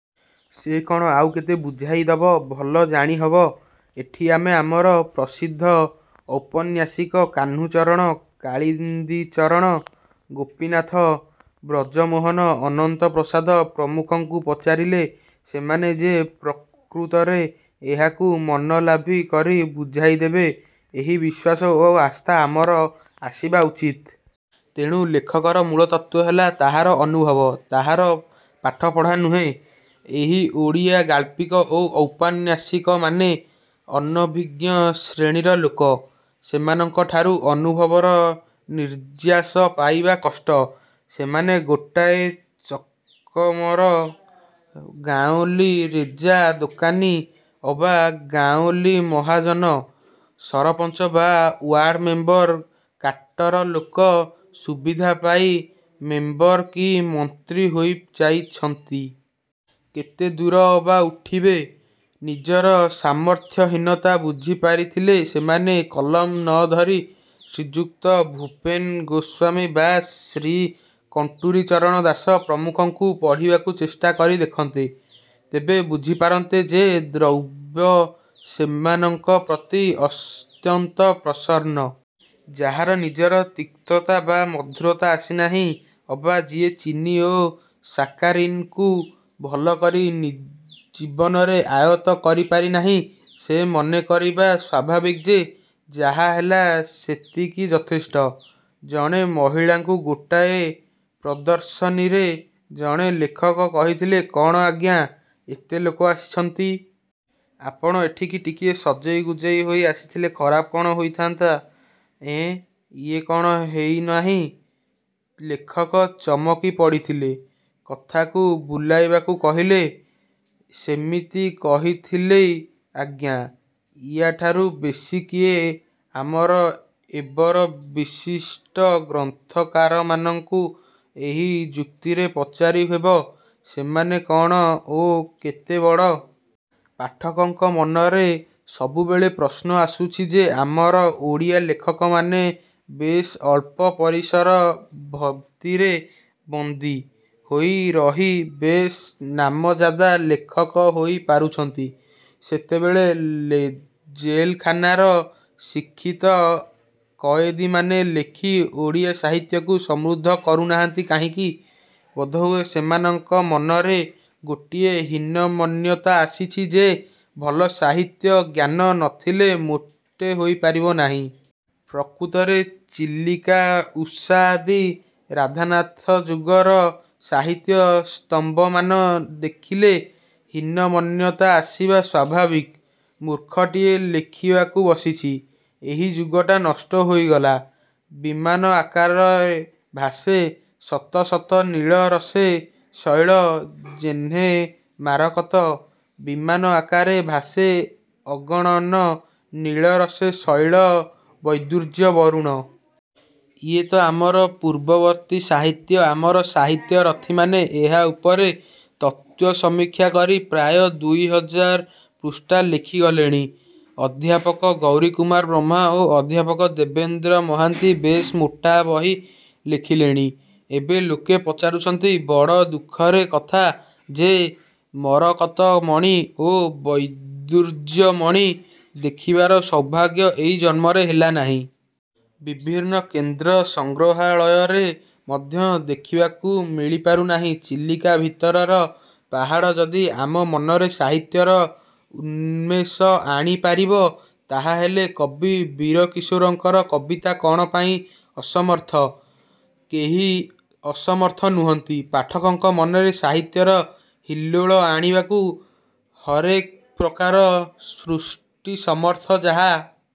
ସେ କ'ଣ ଆଉ କେତେ ବୁଝାଇ ଦବ-ଭଲ ଜାଣି ହବ। ଏଠି ଆମେ ଆମର ପ୍ରସିଦ୍ଧ ଔପନ୍ୟାସିକ କାହ୍ନୁଚରଣ, କାଳିନ୍ଦୀଚରଣ, ଗୋପୀନାଥ, ବ୍ରଜମୋହନ, ଅନନ୍ତ ପ୍ରସାଦ ପ୍ରମୁଖଙ୍କୁ ପଚାରିଲେ ସେମାନେ ଯେ ପ୍ରକୃତରେ ଏହାକୁ ମନଲାଖି କରି ବୁଝାଇଦେବେ, ଏହି ବିଶ୍ୱାସ ଓ ଆସ୍ଥା ଆମର ଆସିବା ଉଚିତ୍। ତେଣୁ ଲେଖକର ମୂଳତତ୍ତ୍ୱ ହେଲା ତାହାର ଅନୁଭବ-ତାହାର ପାଠପଢ଼ା ନୁହେଁ। ଏହି ଓଡ଼ିଆ ଗାଳ୍ପିକ ଓ ଔପନ୍ୟାସିକମାନେ ଅନଭିଜ୍ଞ ଶ୍ରେଣୀର ଲୋକ। ସେମାନଙ୍କଠାରୁ ଅନୁଭବର ନିର୍ଯ୍ୟାସ ପାଇବା କଷ୍ଟ। ସେମାନେ ଗୋଟାଏ ରକମର ଗାଉଁଲୀ ରେଜା ଦୋକାନୀ ଅବା ଗାଉଁଲୀ ମହାଜନ। ସରପଞ୍ଚ ବା ୱାଡ଼୍ ମେମ୍ୱର କାଟର ଲୋକ-ସୁବିଧା ପାଇ ମେମ୍ୱର କି ମନ୍ତ୍ରୀ ହୋଇ ଯାଇଛନ୍ତି। କେତେ ଦୂର ଅବା ଉଠିବେ? ନିଜର ସାମର୍ଥ୍ୟହୀନତା ବୁଝି ପାରିଥିଲେ ସେମାନେ କଲମ ନ ଧରି ଶ୍ରୀଯୁକ୍ତ ଭୂପେନ ଗୋସ୍ୱାମୀ ବା ଶ୍ରୀ କଣ୍ତୁରି ଚରଣ ଦାସ ପ୍ରମୁଖଙ୍କୁ ପଢ଼ିବାକୁ ଚେଷ୍ଟା କରି ଦେଖନ୍ତେ। ତେବେ ବୁଝି ପାରନ୍ତେ ଯେ ଦୈବ ସେମାନଙ୍କ ପ୍ରତି ଅତ୍ୟନ୍ତ ପ୍ରସନ୍ନ। ଯାହାର ଜୀବନରେ ତିକ୍ତତା ବା ମଧୁରତା ଆସି ନାହିଁ। ଅବା ଯିଏ ଚିନି ଓ ସାକାରିନ୍କୁ ଭଲ କରି ଜୀବନରେ ଆୟତ୍ତ କରିପାରି ନାହିଁ ସେ ମନେ କରିବା ସ୍ୱାଭାବିକ ଯେ ଯାହା ହେଲା ସେତିକି ଯଥେଷ୍ଟ। ଜଣେ ମହିଳାଙ୍କୁ ଗୋଟାଏ ପ୍ରଦର୍ଶନୀରେ ଜଣେ ଲେଖକ କହିଥିଲେ-କ'ଣ ଆଜ୍ଞା, ଏତେ ଲୋକ ଆସିଛନ୍ତି। ଆପଣ ଏଠିକି ଟିକିଏ ସଜେଇ ଗୁଜେଇ ହୋଇ ଆସିଥିଲେ ଖରାପ କ'ଣ ହୋଇଥାନ୍ତା? -ଏଁ, ଇଏ କ'ଣ ହେଇ ନାହିଁ? ଲେଖକ ଚମକି ପଡ଼ିଥିଲେ। କଥାକୁ ବୁଲାଇବାକୁ କହିଲେ-ସେମିତି କହୁଥିଲି ଆଜ୍ଞା। ଇଆଠାରୁ ବେଶି କିଏ? ଆମର ଏବର ବିଶିଷ୍ଟ ଗ୍ରନ୍ଥକାରମାନଙ୍କୁ ଏହି ଯୁକ୍ତିରେ ପଚାରି ହେବ-ସେମାନେ କ'ଣ ଓ କେତେ ବଡ? ପାଠକଙ୍କ ମନରେ ସବୁବେଳେ ପ୍ରଶ୍ନ ଆସୁଛି ଯେ ଆମର ଓଡ଼ିଆ ଲେଖକମାନେ ବେଶ୍ ଅଳ୍ପ ପରିସର ଭତିରେ ବନ୍ଦୀ ହୋଇ ରହି ବେଶ୍ ନାମଜାଦା ଲେଖକ ହୋଇ ପାରୁଛନ୍ତି ସେତେବେଳେ ଜେଲଖାନାର ଶିକ୍ଷିତ କଏଦୀମାନେ ଲେଖି ଓଡ଼ିଆ ସାହିତ୍ୟକୁ ସମୃଦ୍ଧ କରୁନାହାନ୍ତି କାହିଁକି? ବୋଧହୁଏ ସେମାନଙ୍କ ମନରେ ଗୋଟିଏ ହୀନମନ୍ୟତା ଆସିଛି ଯେ ଭଲ ସାହିତ୍ୟ ଜ୍ଞାନ ନ ଥିଲେ ମୋଟେ ହୋଇପାରିବ ନାହିଁ। ପ୍ରକୃତରେ ଚିଲିକା, ଉଷା ଆଦି ରାଧାନାଥ ଯୁଗର ସାହିତ୍ୟ ସ୍ତମ୍ଭମାନ ଦେଖିଲେ ହୀନମନ୍ୟତା ଆସିବା ସ୍ୱାଭାବିକ। ମୂର୍ଖଟିଏ-ଲେଖିବାକୁ ବସିଛି। ଏହି ଯୁଗଟା ନଷ୍ଟ ହୋଇଗଲା। ବିମାନ ଆକାରେ ଭାସେ ଶତ ଶତ ନୀଳ ରସେ ଶୈଳ ଯେହ୍ନେ ମାରକତ। ବିମାନ ଆକାରେ ଭାସେ ଅଗଣନ ନୀଳ ରସେ ଶୈଳ ବୈଦୁର୍ଯ୍ୟ ବରୁଣ। ଇଏତ ଆମର ପୂର୍ବବର୍ତ୍ତୀ ସାହିତ୍ୟ। ଆମର ସାହିତ୍ୟ ରଥୀମାନେ ଏହା ଉପରେ ତତ୍ତ୍ୱ-ସମୀକ୍ଷା କରି ପ୍ରାୟ ଦୁଇହଜାର ପୃଷ୍ଠା ଲେଖିଗଲେଣି। ଅଧ୍ୟାପକ ଗୌରୀକୁମାର ବ୍ରହ୍ମା ଓ ଅଧ୍ୟାପକ ଦେବେନ୍ଦ୍ର ମହାନ୍ତି ବେଶ୍ ମୋଟା ବହି ଲେଖିଲେଣି। ଏବେ ଲୋକେ ପଚାରୁଛନ୍ତି-ବଡ଼ ଦୁଃଖର କଥା ଯେ ମରକତ ମଣି ଓ ବୈଦୁର୍ଯ୍ୟ ମଣି ଦେଖିବାର ସୌଭାଗ୍ୟ ଏଇ ଜନ୍ମରେ ହେଲା ନାହିଁ। ବିଭିନ୍ନ କେନ୍ଦ୍ର ସଂଗ୍ରହାଳୟରେ ମଧ୍ୟ ଦେଖିବାକୁ ମିଳିପାରୁ ନାହିଁ। ଚିଲିକା ଭିତରର ପାହାଡ଼ ଯଦି ଆମ ମନରେ ସାହିତ୍ୟର ଉନ୍ମେଷ ଆଣି ପାରିବ ତାହାହେଲେ କବି ବୀରକିଶୋରଙ୍କର କବିତା କ'ଣ ପାଇଁ ଅସମର୍ଥ? କେହି ଅସମର୍ଥ ନୁହନ୍ତି। ପାଠକଙ୍କ ମନରେ ସାହିତ୍ୟର ହିଲ୍ଲୋଳ ଆଣିବାକୁ ହରେକ ପ୍ରକାରର ସୃଷ୍ଟି ସମର୍ଥ। ଯାହା